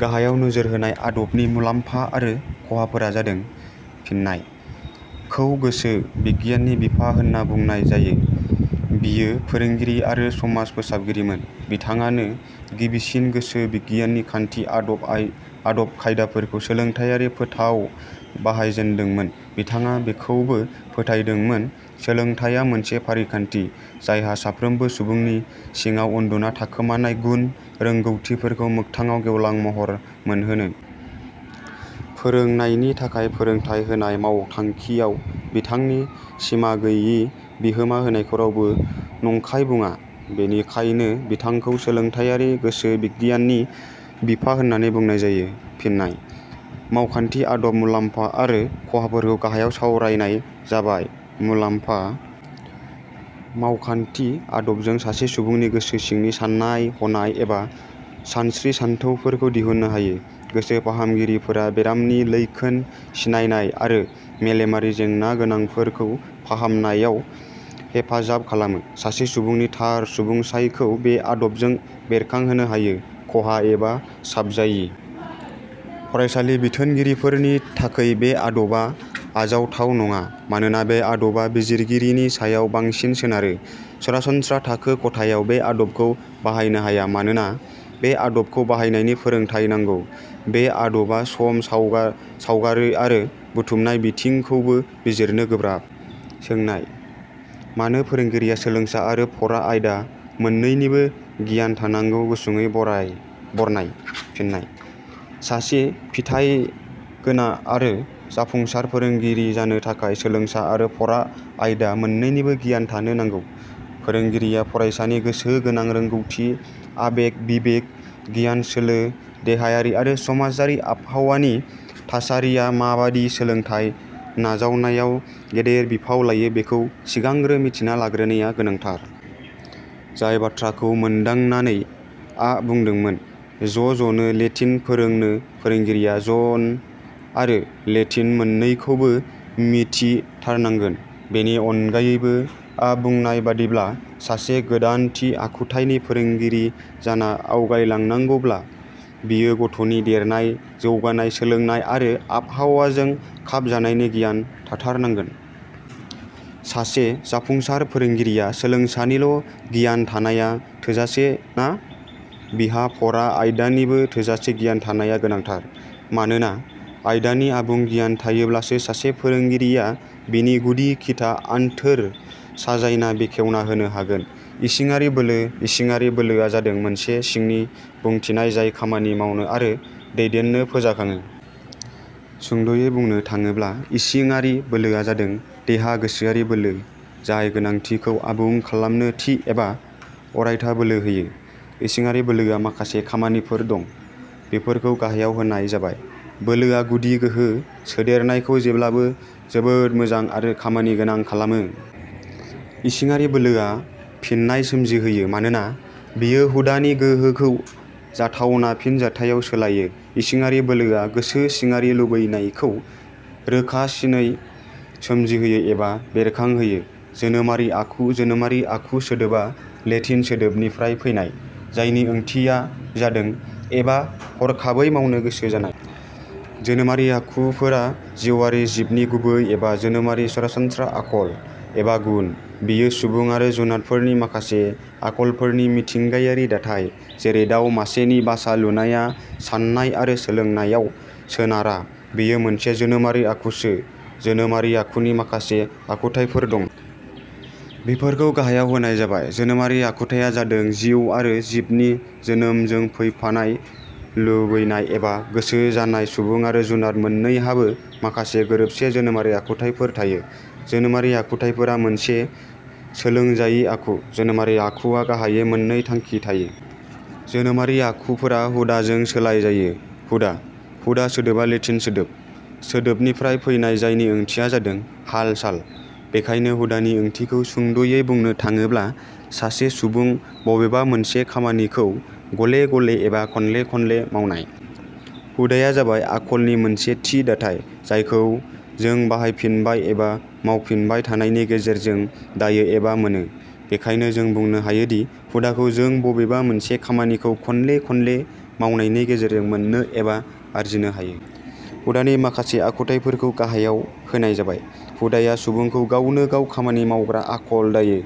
गाहायाव नोजोर होनाय आदबनि मुलामफा आरो खहाफोरा जादों- फिननाय: खौ गोसो बिगियाननि बिफा होनना बुंनाय जायो। बियो फोरोंगिरि आरो समाज फोसाबगिरिमोन। बिथाङानो गिबिसिन गोसो बिगियाननि खान्थि, आदब खायदाफोरखौ सोलोंथाइयारि फोथाव बाहायजेनदोंमोन। बिथाङा बेखौबो फोथाइदोंमोन सोलोंथाइया मोनसे फारिखान्थि जायहा साफ्रोमबो सुबुंनि सिङाव उन्दुना थाखोमानाय गुन, रोंगौथिफोरखौ मोगथाङाव गेवलां महर मोनहोयो। फोरोंनायनि थाखाय फोरोंथाइ होनाय मावथांखिआव बिथांनि सिमा गैयि बिहोमा होनायखौ रावबो नंखाय बुङा। बेनिखायनो बिथांखौ सोलोंथाइयारि गोसो बिगियाननि बिफा होन्नानै बुंनाय जायो। फिननाय: मावखान्थि आदबनि मुलाम्फा आरो खहाफोरखौ गाहायाव सावरायनाय जाबाय। मुलाम्फा:. मावखान्थि आदबजों सासे सुबुंनि गोसो सिंनि सान्नाय-हनाय एबा सानस्त्रि- सानथौफोरखौ दिहुन्नो हायो।. गोसो फाहामगिरिफोरा बेरामनि लैखोन सिनायनाय आरो मेलेमारि जेंनागोनांफोरखौ फाहामनायाव हेफाजाब खालामो।. सासे सुबुंनि थार सुबुंसाइखौ बे आदबजों बेरखांहोनो हायो। खहा एबा साबजायि:. फरायसालि बिथोनगिरिफोरनि थाखै बे आदबा आजावथाव नडा मानोना बे आदबा बिजिरगिरिनि सायाव बांसिन सोनारो।. सरासनत्रा थाखो खथायाव बे आदबखौ बाहायनो हाया मानोना बे आदबखौ बाहायनायनि फोरोंथाइ नांगौ।. बे आदबा सम सावगारो आरो बुथुमनाय बिथिंखौबो बिजिरनो गोब्राब। सोनाय: मानो फोरोंगिरिया सोलोंसा आरो फरा आयदा मोननैनिबो गियान थानांगौ गुसुङै बरनाय। फिननाय: सासे फिथाइगोना आरो जाफुंसार फोरोंगिरि जानो थाखाय सोलोंसा आरो फरा आयदा मोन्नैनिबो गियान थानो नांगौ। फोरोंगिरिया फरायसानि गोसो गोनां, रोंगोथि, आबेग-बिबेक, गियानसोलो, देहायारि आरो समाजारि आबहावानि थासारिया माबादि सोलोंथाइ नाजावनायाव गेदेर बिफाव लायो बेखौ सिगांग्रो मिथिना लाग्रोनाया गोनांथार। जाय बाथ्राखौ मोन्दांनानै आ बुंदोंमोन, "जजनो लेटिन फोरोंनो, फोरोंगिरिया ज'न अरो लेटिन मोननैखौबो मिथि थारनांगोन। " बेनि अनगायैबो.. आ बुंनाय बादिब्ला – सासे गोदानथि आखुथाइनि फोरोंगिरि जाना आवगायलांनांगौब्ला बियो गथ'नि देरनाय, जौगानाय, सोलोंनाय आरो आबहावाजों खाब जानायनि गियान थाथारनांगोन। सासे जाफुंसार फोरोंगिरिया सोलोंसानिल' गियान थानाया थोजासे ना। बिहा फरा आयदानिबो थोजासे गियान थानाया गोनांथार। मानोना आयदानि आबुं गियान थायोब्लासो सासे फोरोंगिरिया बिनि गुदि – खिथा, आन्थोर साजायना बेखेवना होनो हागोन। इसिङारि बोलो: इसिङारि बोलोआ जादों मोनसे सिंनि बुंथिनाय जाय खामानि मावनो आरो दैदेननो फोजाखाङो। सुंद 'यै बुंनो थाङोब्ला इसिङोरि बोलोआ जादों देहा गोसोयारि बोलो जाय गोनांथिखौ आबुं खालामनो थि एबा अरायथा बोलो होयो। इसिङारि बोलोआ माखासे खामानिफोर दं। बेफोरखौ गाहायाव होनाय जाबाय- बोलोआ गुदि गोहो सोदेरनायखौ जेब्लाबो जोबोद मोजां आरो खामानि गोनां खालामो। इसिङारि बोलोआ फिननाय सोमजिहोयो मानोना बेयो हुदानि गोहोखौ जाथावना फिनजाथाइयाव सोलायो। इसिङारि बोलोआ गोसो सिङारि लुबैनायखौ रोखासिनयै सोमजिहोयो एबा बेरखांहोयो। जोनोमारि आखु: जोनोमारि आखु सोदोबा लेटिन सोदोब '' निफ्राय फैनाय जायनि ओंथिया जादों '' एबा हरखाबै मावनो गोसो जानाय। जोनोमारि आखुफोरा जिउआरि जिबनि गुबै एबा जोनोमारि सरासनस्रा आखल एबा गुन। बेयो सुबुं आरो जुनादफोरनि माखासे आखलफोरनि मिथिंगायारि दाथाय जैरै- दाव मासेनि बासा लुनाया साननाय आरो सोलोंनायाव सोनारा, बेयो मोनसे जोनोमारि आखुसो। जोनोमारि आखुनि माखासे आखुथाइफोर दं। बेफोरखौ गाहायाव होनाय जाबाय – जोनोमारि आखुथाइया जादों जिउ आरि जिबनि जोनोमजों फैफानाय लुबैनाय एबा गोसो जानाय। सुबुं आरो जुनाद मोननैहाबो माखासे गोरोबसे जोनोमारि आखुफोर थायो। जोनोमारि आखुफोरा मोनसे सोलोंजायि आखु। जोनोमारि आखुआ गाहाइयै मोननै थांखि थायो। जोनोमारि आखुफोरा हुदाजों सोलाय जायो। हुदा: हुदा सोदोबआ लेटिन सोदोब '' सोदोबनिफ्राय फैनाय जायनि ओंथिया जादों- हाल-साल। बेखायनो हुदानि ओंथिखौ सुंद'यै बुंनो थाङोब्ला सासे सुबुं बबेबा मोनसे खामानिखौ गले-गले एबा खनले खनले मावनाय। हुदाया जाबाय आखालनि मोनसे थि दाथाय जायखौ जों बाहायफिनबाय एबा मावफिनबाय थानायनि गेजेरजों दायो एबा मोनो। बेखायनो, जों बुंनो हायोदि हुदाखौ जों बबेबा मोनसे खामानिखौ खनले खनले मावनायनि गेजेरजों मोननो एबा आरजिनो हायो। हुदानि माखासे आखुथाइफोरखौ गाहायाव होनाय जाबाय हुदाया सुबुंखौ गावनो गाव खामानि मावग्रा आखल दायो।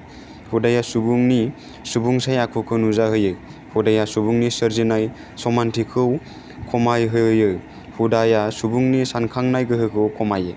हुदाया सुबुंनि सुबुंसाय आखुखौ नुजाहोयो। हुदाया सुबुंनि सोरजिनाय समानथिखौ खौ खमायहोयो। हुदाया सुबुंनि सानखांनाय गोहोखौ खमायो।